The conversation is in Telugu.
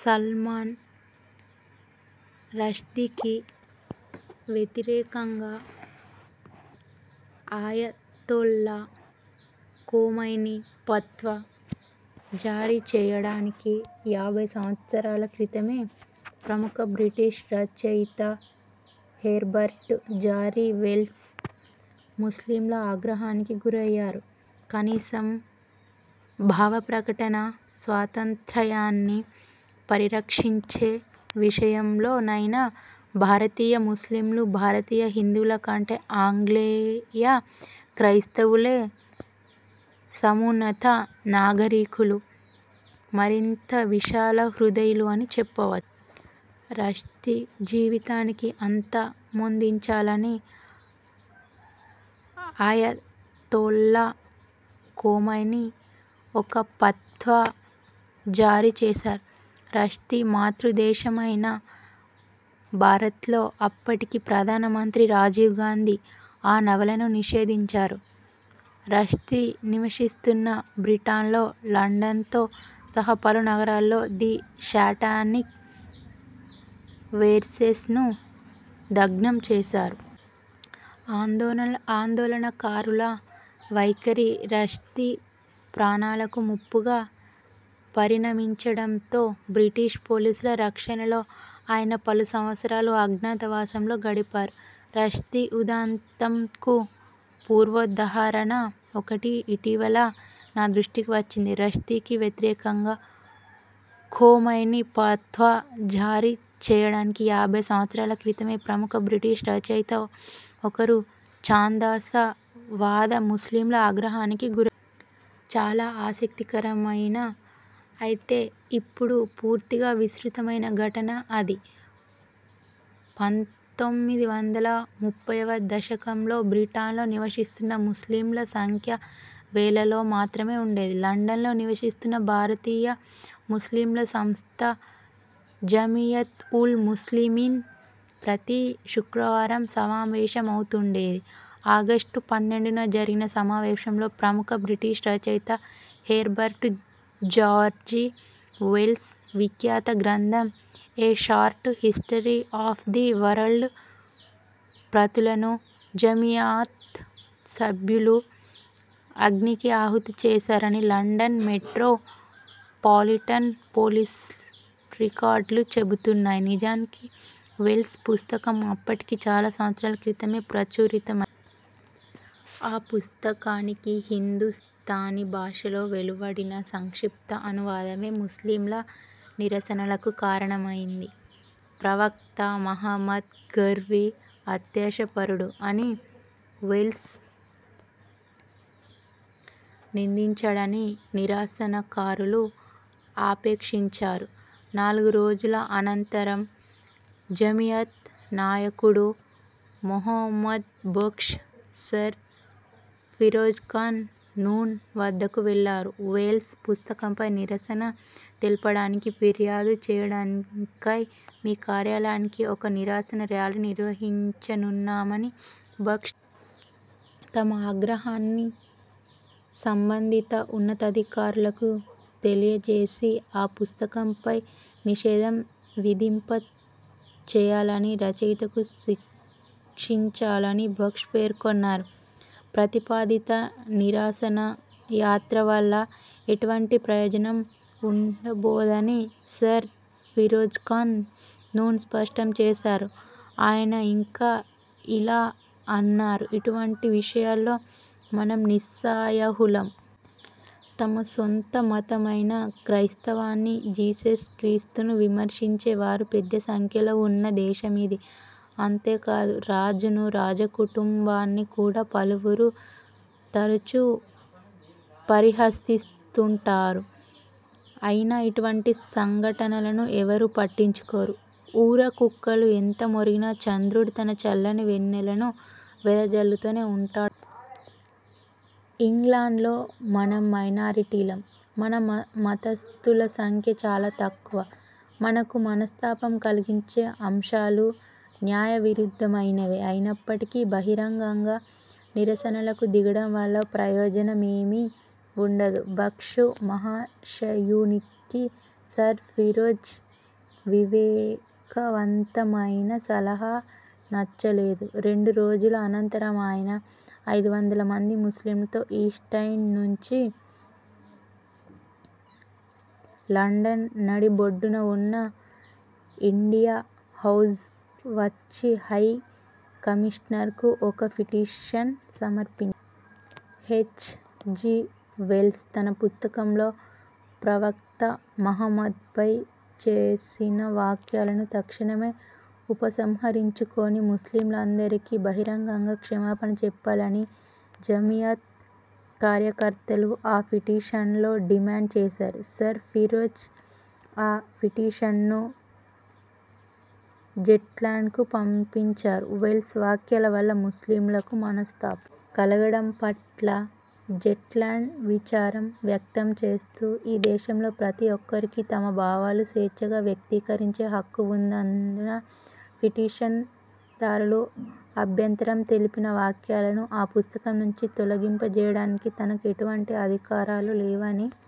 సల్మాన్ రష్దీకి వ్యతిరేకంగా అయతొల్లా ఖొమైనీ ఫత్వా జారీ చేయడానికి యాభై సంవత్సరాల క్రితమే ప్రముఖ బ్రిటిష్ రచయిత హెర్బర్ట్ జా రి వెల్స్ ముస్లింల ఆగ్రహానికి గురయ్యారు. కనీసం భావ ప్రకటనా స్వాతంత్రయాన్ని పరిరక్షించే విషయంలో నైనా భారతీయ ముస్లింలు, భారతీయ హిందువుల కంటే ఆంగ్లేయ క్రైస్తవులే సమున్నత నాగరీకులూ, మరింత విశాల హృదయులూ అని చెప్పవచ్చు. రష్దీ జీవితాన్ని అంత మొందించాలని అయతొల్లా ఖొమైనీ ఒక ఫత్వా జారీ చేశారు. రష్దీ మాతృదేశమైన భారత్లో, అప్పటి ప్రధాన మంత్రి రాజీవ్ గాంధీ ఆ నవలను నిషేధించారు. రష్దీ నివసిస్తున్న బ్రిటన్లో, లండన్తో సహా పలు నగరాల్లో 'ది శాటానిక్ వెర్సెస్'ను దగ్ధం చేశారు. ఆందోళనకారుల వైఖరి రష్దీ ప్రాణాలకు ముప్పుగా పరిణమించడంతో, బ్రిటిష్ పోలీసుల రక్షణలో ఆయన పలు సంవత్సరాలు అజ్ఞాత వాసంలో గడిపారు. 'రష్దీ ఉదంతం'కు పూర్వోదాహరణ ఒకటి ఇటీవల నా దృష్టికి వచ్చింది. రష్దీకి వ్యతిరేకంగా ఖొమైనీ ఫత్వా జారీ చేయడానికి యాభై సంవత్సరాల క్రితమే ప్రముఖ బ్రిటిష్ రచయిత ఒకరు ఛాందస వాద ముస్లింల ఆగ్రహానికి గురయ్యారు. చాలా ఆసక్తి కరమైన, అయితే ఇప్పుడు పూర్తిగా విస్మృతమైన ఘటన అది. పంతొమ్మిది వందల ముప్పైవ దశకంలో బ్రిటన్లో నివసిస్తున్న ముస్లింల సంఖ్య వేలల్లో మాత్రమే వుండేది లండన్లో నివసిస్తున్న భారతీయ ముస్లింల సంస్థ జమీయత్ ఉల్ ముస్లిమీన్ ప్రతి శుక్రవారం సమావేశమవుతుండేది. ఆగస్టు పన్నెండున జరిగిన సమావేశంలో, ప్రముఖ బ్రిటిష్ రచయిత హెర్బర్ట్ జార్జి వెల్స్ విఖ్యాత గ్రంథం 'a short history of the world' ప్రతులను జమీయత్ సభ్యులు అగ్నికి ఆహుతి చేశారని లండన్ మెట్రో పాలిటన్ పోలీసు రికార్డులు చెబుతున్నాయి నిజానికి వెల్స్ పుస్తకం అప్పటికి చాలా సంవత్సరాల క్రితమే ప్రచురిత మయింది. ఆ పుస్తకానికి హిందుస్థానీ భాషలో వెలువడిన సంక్షిప్త అనువాదమే ముస్లింల నిరసనలకు కారణమయింది. ప్రవక్త మహమ్మద్ గర్వి, అత్యాశాపరుడు అని వెల్స్ నిందించాడని నిరసనకారులు ఆక్షేపించారు. నాలుగు రోజుల అనంతరం జమీయత్ నాయకుడు మొహమ్మద్ బక్ష్ సర్ ఫిరోజ్ఖాన్ నూన్ వద్దకు వెళ్ళారు. వేల్స్ పుస్తకంపై నిరసన తెలుపడానికి, ఫిర్యాదు చేయడాని కై మీ కార్యాలయానికి ఒక నిరసన ర్యాలీ నిర్వహించనున్నామని బక్ష్. తమ ఆగ్రహాన్ని సంబంధిత ఉన్నతాధికారులకు తెలియ జేసి, ఆ పుస్తకంపై నిషేధం విధింప చేయాలని, రచయితను శిక్షించాలని బక్ష్ పేర్కొన్నారు. 'ప్రతిపాదిత నిరసన యాత్ర వల్ల ఎటువంటి ప్రయోజనం వుండబోదని' సర్ ఫిరోజ్ ఖాన్ నూన్ స్పష్టం చేశారు. ఆయన ఇంకా ఇలా అన్నారు ఇటువంటి విషయాల్లో మనం నిస్సహాయులం. తమ సొంత మతమైన క్రైస్తవాన్ని, జీసస్ క్రీస్తును విమర్శించే వారు పెద్ద సంఖ్యలో వున్న దేశమిది. అంతేకాదు, రాజును, రాజ కుటుంబాన్ని కూడా పలువురు తరచూ పరిహసిస్తుంటారు. అయినా ఇటువంటి సంఘటలను ఎవ్వరూ పట్టించుకోరు. ఊర కుక్కలు ఎంత మొరిగినా చంద్రుడు తన చల్లని వెన్నెలను వెద జల్లుతూనే వుంటాడు కదా. ఇంగ్లాండ్లో మనం మైనారిటీలం. మన మతస్థుల సంఖ్య చాలా తక్కువ. మనకు మనస్తాపం కలిగించే అంశాలు న్యాయ విరుద్ధమైనవే అయినప్పటికీ బహిరంగంగా నిరసనలకు దిగడం వల్ల ప్రయోజన మేమీ వుండదు. బక్ష్ మహాశయునికి సర్ ఫిరోజ్ వివేక వంతమైన సలహా నచ్చలేదు. రెండు రోజుల అనంతరం ఆయన, ఐదు వందల మంది ముస్లింలతో ఈస్ట్ ఎండ్ నుంచి లండన్ నడి బొడ్డున వున్న ఇండియా హౌజ్కు వచ్చి హై కమిషనర్కు ఒక పిటీషన్ సమర్పించాడు. హెచ్. జి. వెల్స్ తన పుస్తకంలో ప్రవక్త మహమ్మద్పై చేసిన వ్యాఖ్యలను తక్షణమే ఉపసంహరించుకొని, ముస్లింలందరికీ బహిరంగంగా క్షమాపణ చెప్పాలని జమీయత్ కార్యకర్తలు ఆ పిటీషన్లో డిమాండ్ చేశారు. సర్ ఫిరోజ్ ఆ పిటీషన్ను జెట్లాండ్ కి పంపించారు. వెల్స్ వ్యాఖ్యల వల్ల ముస్లింలకు మనస్తాపం కలగడం పట్ల జెట్లాండ్ విచారం వ్యక్తం చేస్తూ ఈ దేశంలో ప్రతి ఒక్కరికీ తమ భావాలు స్వేచ్ఛగా వ్యక్తీకరించే హక్కు వున్నందున, పిటిషన్ దారులు అభ్యంతరం తెలిపిన వ్యాఖ్యలను ఆ పుస్తకం నుంచి తొలగింప జేయడానికి తనకు ఎటువంటి అధికారాలు లేవని